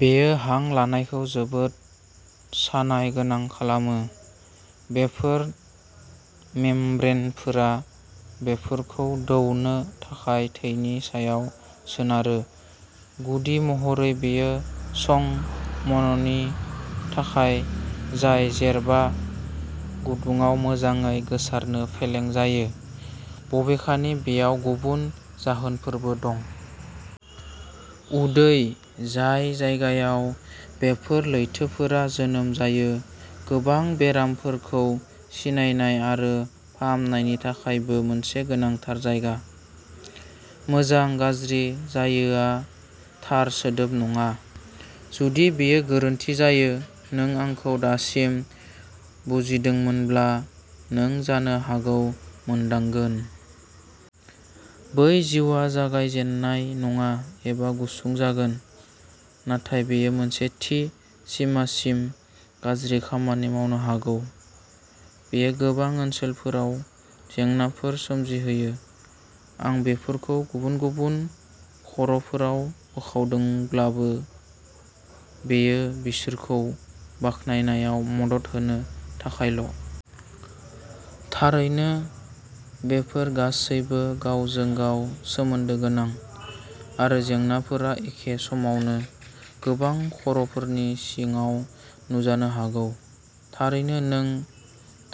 बेयो हां लानायखौ जोबोद सानाय गोनां खालामो। बेफोर मेम्ब्रेनफोरा बेफोरखौ दौनो थाखाय थैनि सायाव सोनारोः गुदि महरै बेयो चं म'नि थाखाय, जाय जेरबा गुदुङाव मोजाङै गोसारनो फेलें जायो, बबेखानि बेयाव गुबुन जाहोनफोरबो दं। उदै, जाय जायगायाव बेफोर लैथोफोरा जोनोम जायो, गोबां बेरामफोरखौ सिनायनाय आरो फाहामनायनि थाखायबो मोनसे गोनांथार जायगा। मोजां,'गोरोन्थि जायो'आ थार सोदोब नङा! जुदि बेयो गोरोन्थि जायो, नों आंखौ दासिम बुजिदोंमोनब्ला, नों जानो हागौ मोनदांगोन। बै जिउआ जागाय जेननाय नङा एबा गुसुं जागोन। नाथाय बेयो मोनसे थि सिमासिम गाज्रि खामानि मावनो हागौ। बेयो गोबां ओनसोलफोराव जेंनाफोर सोमजिहोयो। आं बेफोरखौ गुबुन गुबुन खर'फोराव बोखावदोंब्लाबो, बेयो बिसोरखौ बाखनायनायाव मदद होनो थाखायल'। थारैनो, बेफोर गासैबो गावजों-गाव सोमोन्दो गोनां आरो जेंनाफोरा एखे समावनो गोबां खर'फोरनि सिङाव नुजानो हागौ। थारैनो, नों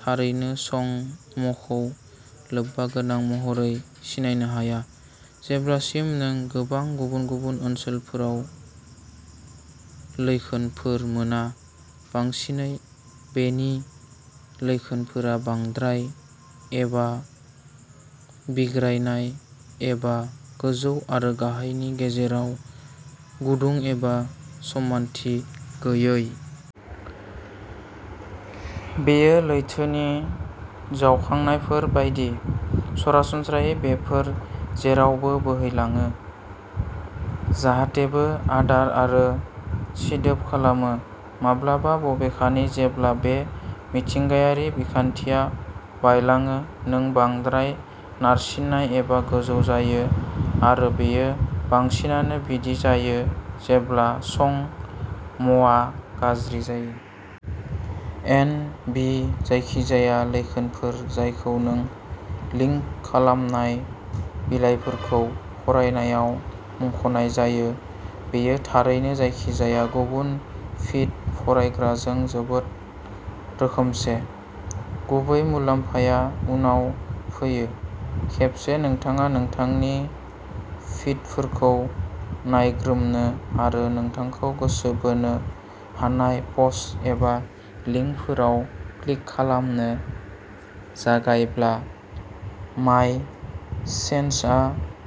थारैनो चं म'खौ लोब्बा गोनां महरै सिनायनो हाया जेब्लासिम नों गोबां गुबुन-गुबुन ओनसोलफोराव लैखोनफोर मोना। बांसिनै, बेनि लैखोनफोरा बांद्राय, एबा'बिग्रायनाय', एबा गोजौ आरो गाहायनि गेजेराव गुदुं एबा समानथि गैयै। बेयो लैथोनि जावखांनायफोर बायदि। सरासनस्रायै बेफोर जेरावबो बोहैलाङो, जाहातेबो आदार आरो सिदोब खालामो। माब्लाबा, बबेखानि, जेब्ला बे मिथिंगायारि बिखान्थिया बायलाङो, नों बांद्राय नारसिननाय एबा गोजौ जायो, आरो बेयो बांसिनानो बिदि जायो जेब्ला चं म'आ गाज्रि जायो। एन. बि. जायखिजाया लैखोनफोर जायखौ नों लिंक खालामनाय बिलाइफोरखौ फरायनायाव मुंख'नाय जायो। बेयो थारैनो जायखिजाया गुबुन फिड फरायग्राजों जोबोद रोखोमसे। गुबै मुलाम्फाया उनाव फैयो। खेबसे नोंथाङा नोंथांनि फिडफोरखौ नायग्रोमनो आरो नोंथांखौ गोसो बोनो हानाय पस्ट एबा लिंकफोराव क्लिक खालामनो जागायब्ला, माय सेन्सआ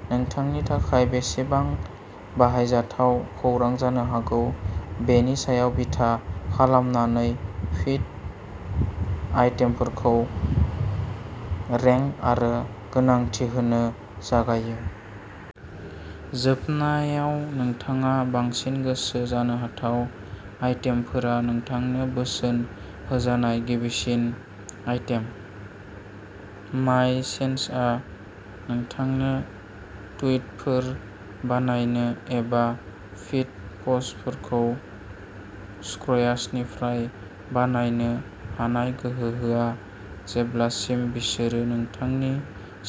नोंथांनि थाखाय बेसेबां बाहायजाथाव खौरां जानो हागौ बेनि सायाव बिथा खालामनानै फिड आइटेमफोरखौ रेंक आरो गोनांथि होनो जागायो। जोबनायाव, नोंथाङा बांसिन गोसो जानो हाथाव आइटेमफोरा नोंथांनो बोसोन होजानाय गिबिसिन आइटेम। माय सेन्सआ नोंथांनो टुइटफोर बानायनो एबा फिड पस्टफोरखौ स्क्र्याचनिफ्राय बानायनो हानाय गोहो होआ, जेब्लासिम बिसोरो नोंथांनि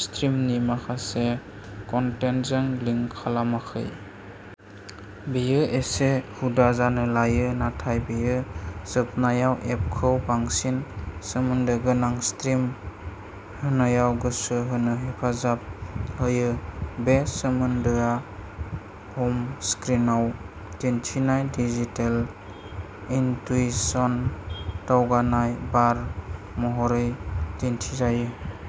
स्ट्रिमनि माखासे कन्टेन्टजों लिंक खालामाखै। बेयो एसे हुदा जानो लायो, नाथाय बेयो जोबनायाव एपखौ बांसिन सोमोन्दो गोनां स्ट्रिम होनायाव गोसो होनो हेफाजाब होयो। बे सोमोन्दोआ हम स्क्रिनआव दिन्थिनाय "डिजिटेल इन्टुइशन" दावगानाय बार महरै दिन्थिजायो।